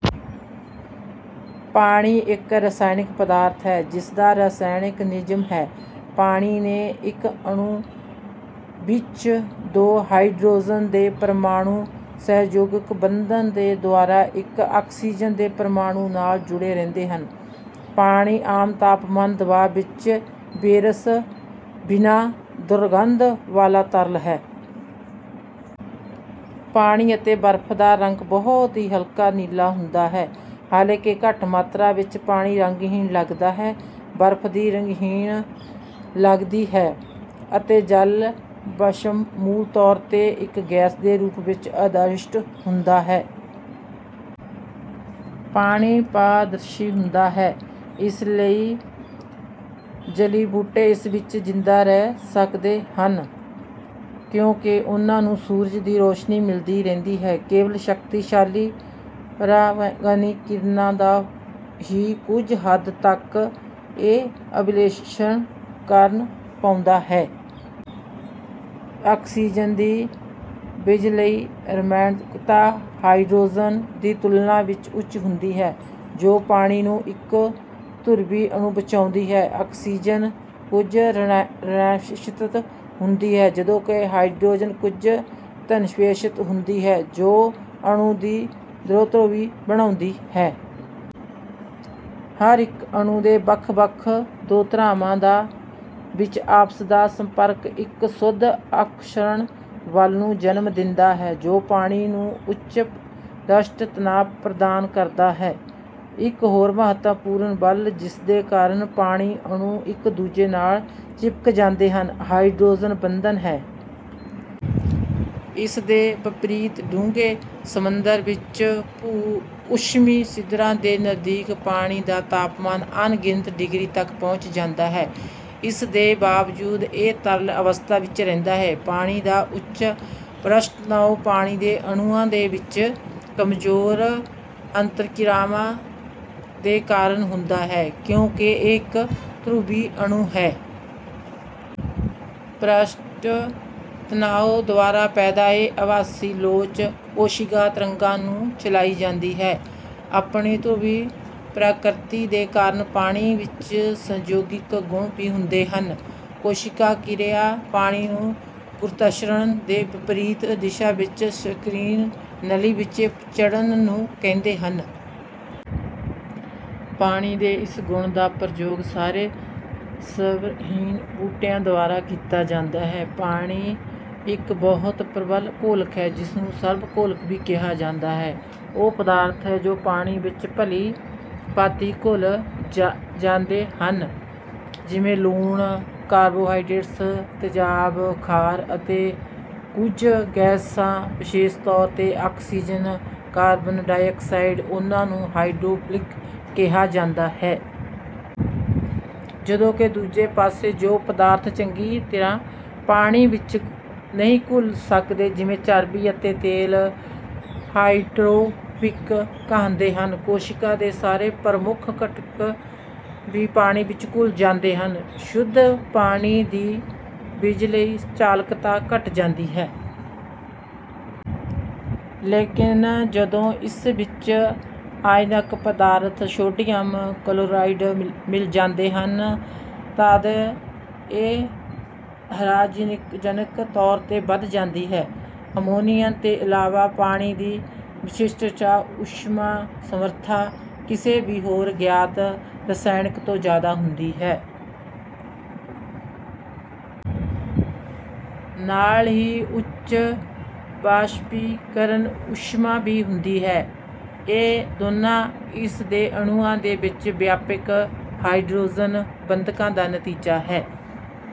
ਪਾਣੀ ਇੱਕ ਰਸਾਇਣਕ ਪਦਾਰਥ ਹੈ ਜਿਸਦਾ ਰਸਾਇਣਕ ਨਿਯਮ ਹੈ: ਪਾਣੀ ਦੇ ਇੱਕ ਅਣੂ ਵਿੱਚ ਦੋ ਹਾਈਡਰੋਜਨ ਦੇ ਪਰਮਾਣੁ ਸਹਿਸੰਯੋਜਕ ਬੰਧਨ ਦੇ ਦੁਆਰਾ ਇੱਕ ਆਕਸੀਜਨ ਦੇ ਪਰਮਾਣੁ ਨਾਲ ਜੁੜੇ ਰਹਿੰਦੇ ਹਨ। ਪਾਣੀ ਆਮ ਤਾਪਮਾਨ, ਦਬਾਅ ਵਿੱਚ ਇੱਕ ਬੇਰਸ, ਬਿਨਾਂ ਦੁਰਗੰਧ ਵਾਲਾ ਤਰਲ ਹੈ। ਪਾਣੀ ਅਤੇ ਬਰਫ ਦਾ ਰੰਗ ਬਹੁਤ ਹੀ ਹਲਕਾ ਨੀਲਾ ਹੁੰਦਾ ਹੈ, ਹਾਲਾਂਕਿ ਘੱਟ ਮਾਤਰਾ ਵਿੱਚ ਪਾਣੀ ਰੰਗਹੀਨ ਲੱਗਦਾ ਹੈ। ਬਰਫ ਵੀ ਰੰਗਹੀਨ ਲੱਗਦੀ ਹੈ, ਅਤੇ ਜਲ ਵਾਸ਼ਪ ਮੂਲ ਤੌਰ 'ਤੇ ਇੱਕ ਗੈਸ ਦੇ ਰੂਪ ਵਿੱਚ ਅਦ੍ਰਿਸ਼ ਹੁੰਦਾ ਹੈ। ਪਾਣੀ ਪਾਰਦਰਸ਼ੀ ਹੁੰਦਾ ਹੈ, ਇਸ ਲਈ ਜਲੀ ਬੂਟੇ ਇਸ ਵਿੱਚ ਜਿੰਦਾ ਰਹਿ ਸਕਦੇ ਹਨ ਕਿਉਂਕਿ ਉਹਨਾਂ ਨੂੰ ਸੂਰਜ ਦੀ ਰੋਸ਼ਨੀ ਮਿਲਦੀ ਰਹਿੰਦੀ ਹੈ। ਕੇਵਲ ਸ਼ਕਤੀਸ਼ਾਲੀ ਪਰਾਬੈਂਗਨੀ ਕਿਰਨਾਂ ਦਾ ਹੀ ਕੁੱਝ ਹੱਦ ਤੱਕ ਇਹ ਅਵਸ਼ੋਸ਼ਣ ਕਰ ਪਾਉਂਦਾ ਹੈ। ਆਕਸੀਜਨ ਦੀ ਬਿਜਲਈ ਰਿਣਾਤਮਕਤਾ ਹਾਈਡਰੋਜਨ ਦੀ ਤੁਲਣਾ ਵਿੱਚ ਉੱਚ ਹੁੰਦੀ ਹੈ ਜੋ ਪਾਣੀ ਨੂੰ ਇੱਕ ਧਰੁਵੀ ਅਣੂ ਬਣਾਉਂਦੀ ਹੈ। ਆਕਸੀਜਨ ਕੁੱਝ ਰਿਣਾਵੇਸ਼ਿਤ ਹੁੰਦੀ ਹੈ, ਜਦੋਂ ਕਿ ਹਾਈਡਰੋਜਨ ਕੁੱਝ ਧਨਾਵੇਸ਼ਿਤ ਹੁੰਦੀ ਹੈ ਜੋ ਅਣੂ ਨੂੰ ਦੋਧਰੁਵੀ ਬਣਾਉਂਦੀ ਹੈ। ਹਰ ਇੱਕ ਅਣੂ ਦੇ ਵੱਖ ਵੱਖ ਦੋ ਧਰੁਵਾਂ ਦਾ ਵਿੱਚ ਆਪਸ ਦਾ ਸੰਪਰਕ ਇੱਕ ਸ਼ੁੱਧ ਆਕਰਸ਼ਣ ਬਲ ਨੂੰ ਜਨਮ ਦਿੰਦਾ ਹੈ ਜੋ ਪਾਣੀ ਨੂੰ ਉੱਚ ਪ੍ਰਸ਼ਟ ਤਨਾਵ ਪ੍ਰਦਾਨ ਕਰਦਾ ਹੈ। ਇੱਕ ਹੋਰ ਮਹੱਤਵਪੂਰਨ ਬਲ ਜਿਸਦੇ ਕਾਰਨ ਪਾਣੀ ਅਣੂ ਇੱਕ ਦੂਜੇ ਨਾਲ ਚਿਪਕ ਜਾਂਦੇ ਹਨ, ਹਾਈਡਰੋਜਨ ਬੰਧਨ ਹੈ। ਇਸ ਦੇ ਵਿਪਰੀਤ ਡੂੰਘੇ ਸਮੁੰਦਰ ਵਿੱਚ ਭੂ – ਊਸ਼ਮੀ ਛਿਦਰਾਂ ਦੇ ਨਜ਼ਦੀਕ ਪਾਣੀ ਦਾ ਤਾਪਮਾਨ ਅਣਗਿਣਤ ਡਿਗਰੀ ਤੱਕ ਪਹੁੰਚ ਜਾਂਦਾ ਹੈ ਅਤੇ ਇਸ ਦੇ ਬਾਵਜੂਦ ਇਹ ਤਰਲ ਅਵਸਥਾ ਵਿੱਚ ਰਹਿੰਦਾ ਹੈ। ਪਾਣੀ ਦਾ ਉੱਚ ਪ੍ਰਸ਼ਟ ਤਣਾਉ, ਪਾਣੀ ਦੇ ਅਣੂਆਂ ਦੇ ਵਿੱਚ ਕਮਜੋਰ ਅੰਤਰ ਕਿਰਿਆਵਾਂ ਦੇ ਕਾਰਨ ਹੁੰਦਾ ਹੈ ਕਿਉਂਕਿ ਇਹ ਇੱਕ ਧਰੁਵੀ ਅਣੂ ਹੈ। ਪ੍ਰਸ਼ਟ ਤਨਾਵ ਦੁਆਰਾ ਪੈਦਾ ਇਹ ਆਭਾਸੀ ਲੋਚ, ਕੋਸ਼ਿਕਾ ਤਰੰਗਾਂ ਨੂੰ ਚਲਾਈ ਜਾਂਦੀ ਹੈ। ਆਪਣੀ ਧਰੁਵੀ ਪ੍ਰਕ੍ਰਿਤੀ ਦੇ ਕਾਰਨ ਪਾਣੀ ਵਿੱਚ ਉੱਚ ਸੰਯੋਜਕ ਗੁਣ ਵੀ ਹੁੰਦੇ ਹਨ। ਕੋਸ਼ਿਕਾ ਕਿਰਿਆ, ਪਾਣੀ ਨੂੰ ਗੁਰੁਤਾਕਰਸ਼ਣ ਤੋਂ ਵਿਪਰੀਤ ਦਿਸ਼ਾ ਵਿੱਚ ਇੱਕ ਸੰਕੀਰਣ ਨਲੀ ਵਿੱਚ ਚੜ੍ਹਨ ਨੂੰ ਕਹਿੰਦੇ ਹਨ। ਪਾਣੀ ਦੇ ਇਸ ਗੁਣ ਦਾ ਪ੍ਰਯੋਗ ਸਾਰੇ ਸੰਵਹਨੀ ਬੂਟਿਆਂ ਦੁਆਰਾ ਕੀਤਾ ਜਾਂਦਾ ਹੈ। ਪਾਣੀ ਇੱਕ ਬਹੁਤ ਪ੍ਰਬਲ ਘੋਲਕ ਹੈ, ਜਿਸ ਨੂੰ ਸਰਵ ਘੋਲਕ ਵੀ ਕਿਹਾ ਜਾਂਦਾ ਹੈ। ਉਹ ਪਦਾਰਥ ਜੋ ਪਾਣੀ ਵਿੱਚ ਭਲੀ ਭਾਂਤੀ ਘੁਲ ਜਾਂਦੇ ਹਨ ਜਿਵੇਂ ਲੂਣ, ਕਾਰਬੋਹਾਈਡ੍ਰੇਟਸ, ਤੇਜਾਬ, ਖਾਰ, ਅਤੇ ਕੁੱਝ ਗੈਸਾਂ ਵਿਸ਼ੇਸ਼ ਤੌਰ 'ਤੇ ਆਕਸੀਜਨ, ਕਾਰਬਨ ਡਾਇਆਕਸਾਈਡ ਉਹਨਾਂ ਨੂੰ ਹਾਈਡਰੋਫਿਲਿਕ ਕਿਹਾ ਜਾਂਦਾ ਹੈ। ਜਦੋਂ ਕਿ ਦੂਜੇ ਪਾਸੇ ਜੋ ਪਦਾਰਥ ਚੰਗੀ ਤਰ੍ਹਾਂ ਪਾਣੀ ਵਿੱਚ ਨਹੀਂ ਘੁਲ ਸਕਦੇ ਜਿਵੇਂ ਚਰਬੀ ਅਤੇ ਤੇਲ, ਹਾਈਡਰੋਫੋਬਿਕ ਕਹਾਂਦੇ ਹਨ। ਕੋਸ਼ਿਕਾ ਦੇ ਸਾਰੇ ਪ੍ਰਮੁੱਖ ਘਟਕ ਵੀ ਪਾਣੀ ਵਿੱਚ ਘੁਲ ਜਾਂਦੇ ਹਨ। ਸ਼ੁੱਧ ਪਾਣੀ ਦੀ ਬਿਜਲਈ ਚਾਲਕਤਾ ਘੱਟ ਜਾਂਦੀ ਹੈ। ਲੇਕਿਨ ਜਦੋਂ ਇਸ ਵਿੱਚ ਆਇਨਕ ਪਦਾਰਥ ਸੋਡੀਅਮ ਕਲੋਰਾਈਡ ਮਿਲਾ ਜਾਂਦੇ ਹਨ ਤੱਦ ਇਹ ਹੈਰਾਨੀਜਨਕ ਤੌਰ 'ਤੇ ਵੱਧ ਜਾਂਦੀ ਹੈ। ਅਮੋਨੀਆ ਦੇ ਇਲਾਵਾ, ਪਾਣੀ ਦੀ ਵਿਸ਼ਿਸ਼ਟ ਊਸ਼ਮਾ ਸਮਰੱਥਾ ਕਿਸੇ ਵੀ ਹੋਰ ਗਿਆਤ ਰਸਾਇਣ ਤੋਂ ਜਿਆਦਾ ਹੁੰਦੀ ਹੈ। ਨਾਲ ਹੀ ਉੱਚ ਵਾਸਪੀਕਰਨ ਊਸ਼ਮਾ ਵੀ ਹੁੰਦੀ ਹੈ। ਇਹ ਦੋਨਾਂ ਇਸ ਦੇ ਅਣੂਆਂ ਦੇ ਵਿੱਚ ਵਿਆਪਕ ਹਾਇਡਰੋਜਨ ਬੰਧਕਾਂ ਦਾ ਨਤੀਜਾ ਹੈ।